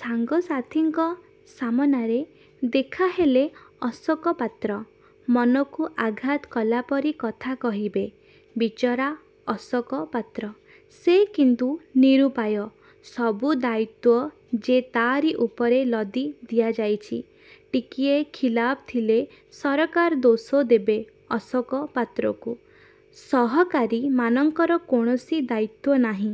ସାଙ୍ଗସାଥିଙ୍କ ସାମନାରେ ଦେଖା ହେଲେ ଅଶୋକ ପାତ୍ର ମନକୁ ଆଘାତ କଲାପରି କଥା କହିବେ। ବିଚରା ଅଶୋକ ପାତ୍ର! ସେ କିନ୍ତୁ ନିରୁପାୟ। ସବୁ ଦାୟିତ୍ୱ ଯେ ତାରି ଉପରେ ଲଦି ଦିଆଯାଇଛି। ଟିକିଏ ଖିଲାପ ଥିଲେ ସରକାର ଦୋଷ ଦେବେ ଅଶୋକ ପାତ୍ରକୁ। ସହକାରୀମାନଙ୍କର କୌଣସି ଦାୟିତ୍ୱ ନାହିଁ।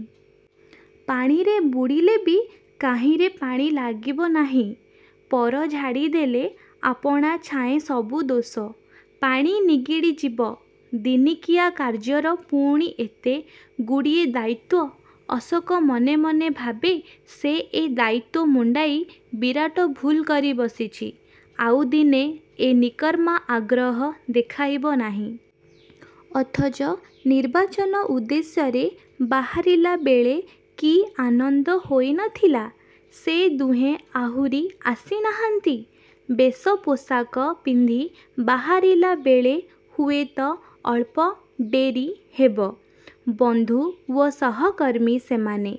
ପାଣିରେ ବୁଡ଼ିଲେବି କାହିଁରେ ପାଣି ଲାଗିବ ନାହିଁ। ପର ଝାଡ଼ିଦେଲେ ଆପଣା ଛାଏଁ ସବୁ ଦୋଷ-ପାଣି ନିଗିଡ଼ି ଯିବ। ଦିନିକିଆ କାର୍ଯ୍ୟର ପୁଣି ଏତେ ଗୁଡ଼ିଏ ଦାୟିତ୍ୱ? ଅଶୋକ ମନେ ମନେ ଭାବେ, ସେ ଏ ଦାୟିତ୍ୱ ମୁଣ୍ଡାଇ ବିରାଟ ଭୁଲ କରି ବସିଛି। ଆଉ ଦିନେ ଏ ନିକର୍ମା-ଆଗ୍ରହ ଦେଖାଇବ ନାହିଁ। ଅଥଚ ନିର୍ବାଚନ ଉଦ୍ଦେଶ୍ୟରେ ବାହାରିଲାବେଳେ କି ଆନନ୍ଦ ହୋଇ ନ ଥିଲା। ସେ ଦୁହେଁ ଆହୁରି ଆସିନାହାନ୍ତି। ବେଶପୋଷାକ ପିନ୍ଧି ବାହାରିଲାବେଳେ ହୁଏତ ଅଳ୍ପ ଡେରି ହେବ। ବନ୍ଧୁ ଓ ସହକର୍ମୀ ସେମାନେ।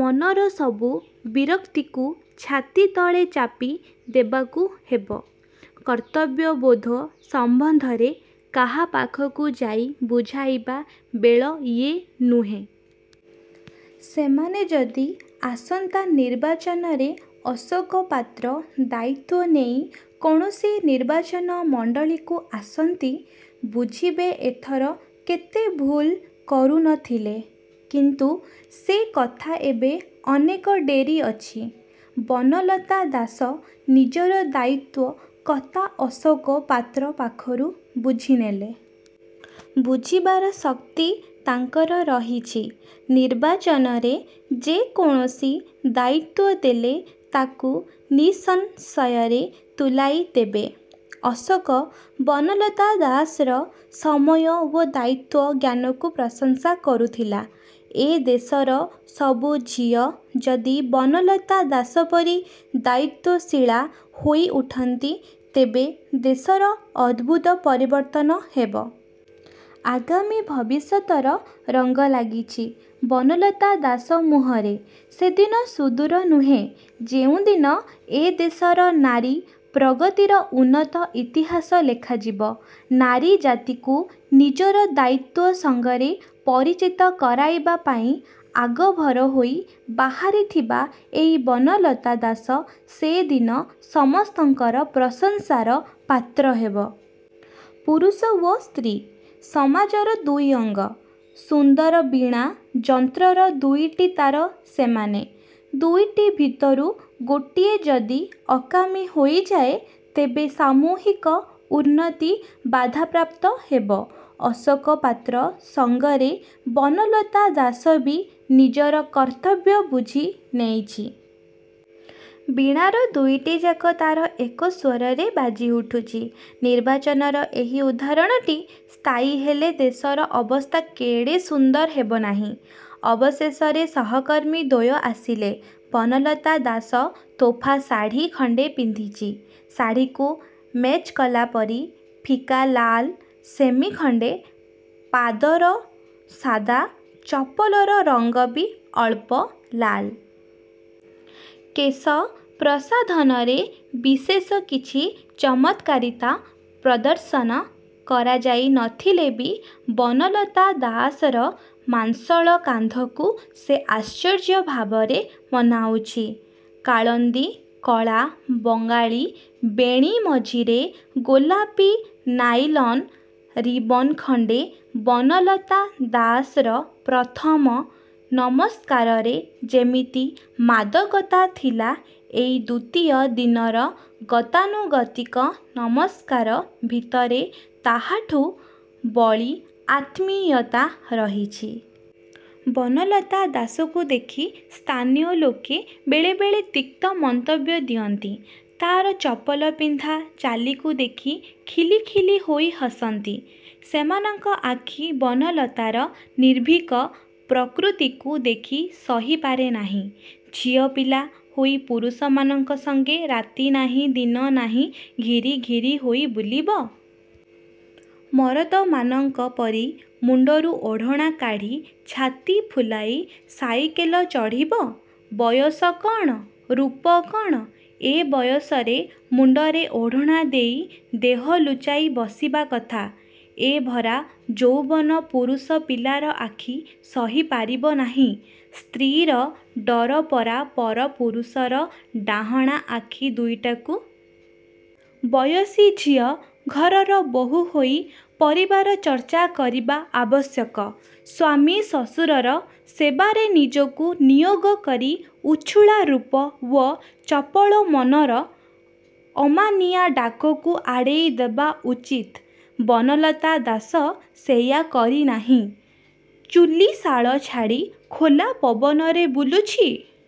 ମନର ସବୁ ବିରକ୍ତିକୁ ଛାତିତଳେ ଚାପି ଦେବାକୁ ହେବ। କର୍ତ୍ତବ୍ୟବୋଧ ସମ୍ୱନ୍ଧରେ କାହା ପାଖକୁ ଯାଇ ବୁଝାଇବା ବେଳ ଇଏ ନୁହେ। ସେମାନେ ଯଦି ଆସନ୍ତା ନିର୍ବାଚନରେ ଅଶୋକ ପାତ୍ର ଦାୟିତ୍ୱ ନେଇ କୌଣସି ନିର୍ବାଚନ ମଣ୍ଡଳୀକୁ ଆସନ୍ତି, ବୁଝିବେ ଏଥର କେତେ ଭୁଲ କରୁ ନ ଥିଲେ। କିନ୍ତୁ ସେ କଥା ଏବେ ଅନେକ ଡେରି ଅଛି। ବନଲତା ଦାସ ନିଜର ଦାୟିତ୍ୱ କତା ଅଶୋକ ପାତ୍ର ପାଖରୁ ବୁଝିନେଲେ। ବୁଝିବାର ଶକ୍ତି ତାଙ୍କର ରହିଛି। ନିର୍ବାଚନରେ ଯେକୌଣସି ଦାୟିତ୍ୱ ଦେଲେ ତାକୁ ନିଃସଂଶୟରେ ତୁଲାଇ ଦେବେ। ଅଶୋକ ବନଲତା ଦାସର ସମୟ ଓ ଦାୟିତ୍ୱ ଜ୍ଞାନକୁ ପ୍ରଶଂସା କରୁଥିଲା। ଏ ଦେଶର ସବୁ ଝିଅ ଯଦି ବନଲତା ଦାସ ପରି ଦାୟିତ୍ୱଶୀଳା ହୋଇଉଠନ୍ତି, ତେବେ ଦେଶର ଅଦ୍ଭୁତ ପରିବର୍ତ୍ତନ ହେବ। ଆଗାମୀ ଭବିଷ୍ୟତର ରଙ୍ଗ ଲାଗିଛି ବନଲନା ଦାସ ମୁହଁରେ। ସେଦିନ ସୁଦୁର ନୁହେ, ଯେଉଁଦିନ ଏ ଦେଶର ନାରୀ ପ୍ରଗତିର ନୂତନ ଇତିହାସ ଲେଖାଯିବ। ନାରୀ ଜାତିକୁ ନିଜର ଦାୟିତ୍ୱ ସଙ୍ଗରେ ପରିଚିତ କରାଇବା ପାଇଁ ଆଗଭର ହୋଇ ବାହାରିଥିବା ଏଇ ବନଲତା ଦାସ ସେଦିନ ସମସ୍ତଙ୍କର ପ୍ରଶଂସାର ପାତ୍ର ହେବ। ପୁରୁଷ ଓ ସ୍ତ୍ରୀ, ସମାଜର ଦୁଇ ଅଙ୍ଗ। ସୁନ୍ଦର ବୀଣା ଯନ୍ତ୍ରର ଦୁଇଟି ତାର ସେମାନେ। ଦୁଇଟି ଭିତରୁ ଗୋଟିଏ ଯଦି ଅକାମୀ ହୋଇଯାଏ ତେବେ ସାମୁହିକ ଉନ୍ନତି ବାଧାପ୍ରାପ୍ତ ହେବ। ଅଶୋକ ପାତ୍ର ସଙ୍ଗରେ ବନଲତା ଦାସ ବି ନିଜର କର୍ତ୍ତବ୍ୟ ବୁଝି ନେଇଛି। ବୀଣାର ଦୁଇଟିଯାକ ତାର ଏକ ସ୍ୱରରେ ବାଜି ଉଠୁଛି। ନିର୍ବାଚନର ଏହି ଉଦାହରଣଟି ସ୍ଥାୟୀ ହେଲେ, ଦେଶର ଅବସ୍ଥା କେଡ଼େ ସୁନ୍ଦର ହେବନାହିଁ। ଅବଶେଷରେ ସହକର୍ମୀ ଦ୍ୱୟ ଆସିଲେ। ବନଲତା ଦାସ ତୋଫା ଶାଢ଼ି ଖଣ୍ଡେ ପିଖିଛି। ଶାଢ଼ିକୁ ମେଚ୍କଲାପରି ଫିକା ଲାଲ ସେମିଜ୍ଖଣ୍ଡେ। ପାଦର ସାଦା ଚପଲର ରଙ୍ଗ ବି ଅଳ୍ପ ଲାଲ। କେଶ ପ୍ରସାଧନରେ ବିଶେଷ କିଛି ଚମତ୍କାରିତା ପ୍ରଦର୍ଶନ କରାଯାଇ ନଥିଲେ ବି ବନଲତା ଦାସର ମାଂସଳ କାନ୍ଧକୁ ସେ ଆଶ୍ଚର୍ଯ୍ୟ ଭାବରେ ମନାଉଛି। କାଳନ୍ଦୀ କଳା ବଙ୍ଗାଳୀ ବେଣୀ ମଝିରେ ଗୋଲାପୀ ନାଇଲନ୍ ରିବନ୍ଖଣ୍ଡେ। ବନଲତା ଦାସର ପ୍ରଥମ ନମସ୍କାରରେ ଯେମିତି ମାଦକତା ଥିଲା ଏଇ ଦ୍ୱିତୀୟ ଦିନର ଗତାନୁଗତିକ ନମସ୍କାର ଭିତରେ ତାହାଠୁଁ ବଳି ଆତ୍ମୀୟତା ରହିଛି। ବନଲତା ଦାସକୁ ଦେଖି ସ୍ଥାନୀୟ ଲୋକେ ବେଳେବେଳେ ତିକ୍ତ ମନ୍ତବ୍ୟ ଦିଅନ୍ତି। ତାର ଚପଲ ପିନ୍ଧା ଚାଲିକୁ ଦେଖି ଖିଲି, ଖିଲି, ହୋଇ ହସନ୍ତି। ସେମାନଙ୍କ ଆଖି ବନଲତାର ନିର୍ଭୀକ ପ୍ରକୃତିକୁ ଦେଖି ସହି ପାରେ ନାହିଁ। ଝିଅପିଲା ହୋଇ ପୁରୁଷମାନଙ୍କ ସଙ୍ଗେ ରାତି ନାହିଁ, ଦିନ ନାହିଁ ଘିରି ଘିରି ହୋଇ ବୁଲିବ? ମରଦମାନଙ୍କ। ପରି ମୁଣ୍ଡରୁ ଓଢ଼ଣା କାଢ଼ି ଛାତି ଫୁଲାଇ ସାଇକଲ ଚଢ଼ିବ? ବୟସ କଣ, ରୂପ କଣ! ଏ ବୟସରେ ମୁଣ୍ଡରେ ଓଢ଼ଣାଦେଇ ଦେହ ଲୁଛାଇ ବସିବା କଥା! ଏ ଭରା ଯୌବନ ପୁରୁଷ ପିଲାର ଆଖି ସହିପାଇବ ନାହିଁ। ସ୍ତ୍ରୀର ଡର ପରା ପର ପୁରୁଷର ଡାହଣା ଆଖି ଦୁଇଟାକୁ! ବୟସୀ ଝିଅ ଘରର ବୋହୂ ହୋଇ ପରିବାର ଚର୍ଚ୍ଚା କରିବା ଆବଶ୍ୟକ। ସ୍ୱାମୀ, ଶ୍ୱଶୁରର ସେବାରେ ନିଜକୁ ନିୟୋଗ କରି ଉଛୁଳା ରୂପ ଓ ଚପଳ ମନର ଅମାନିଆ ଡାକକୁ ଆଡ଼େଇ ଦେବା ଉଚିତ। ବନଲତା ଦାସ ସେଇୟା କରିନାହିଁ। ଚୁଲୀଶାଳ ଛାଡ଼ି ଖୋଲା ପବନରେ ବୁଲୁଛି।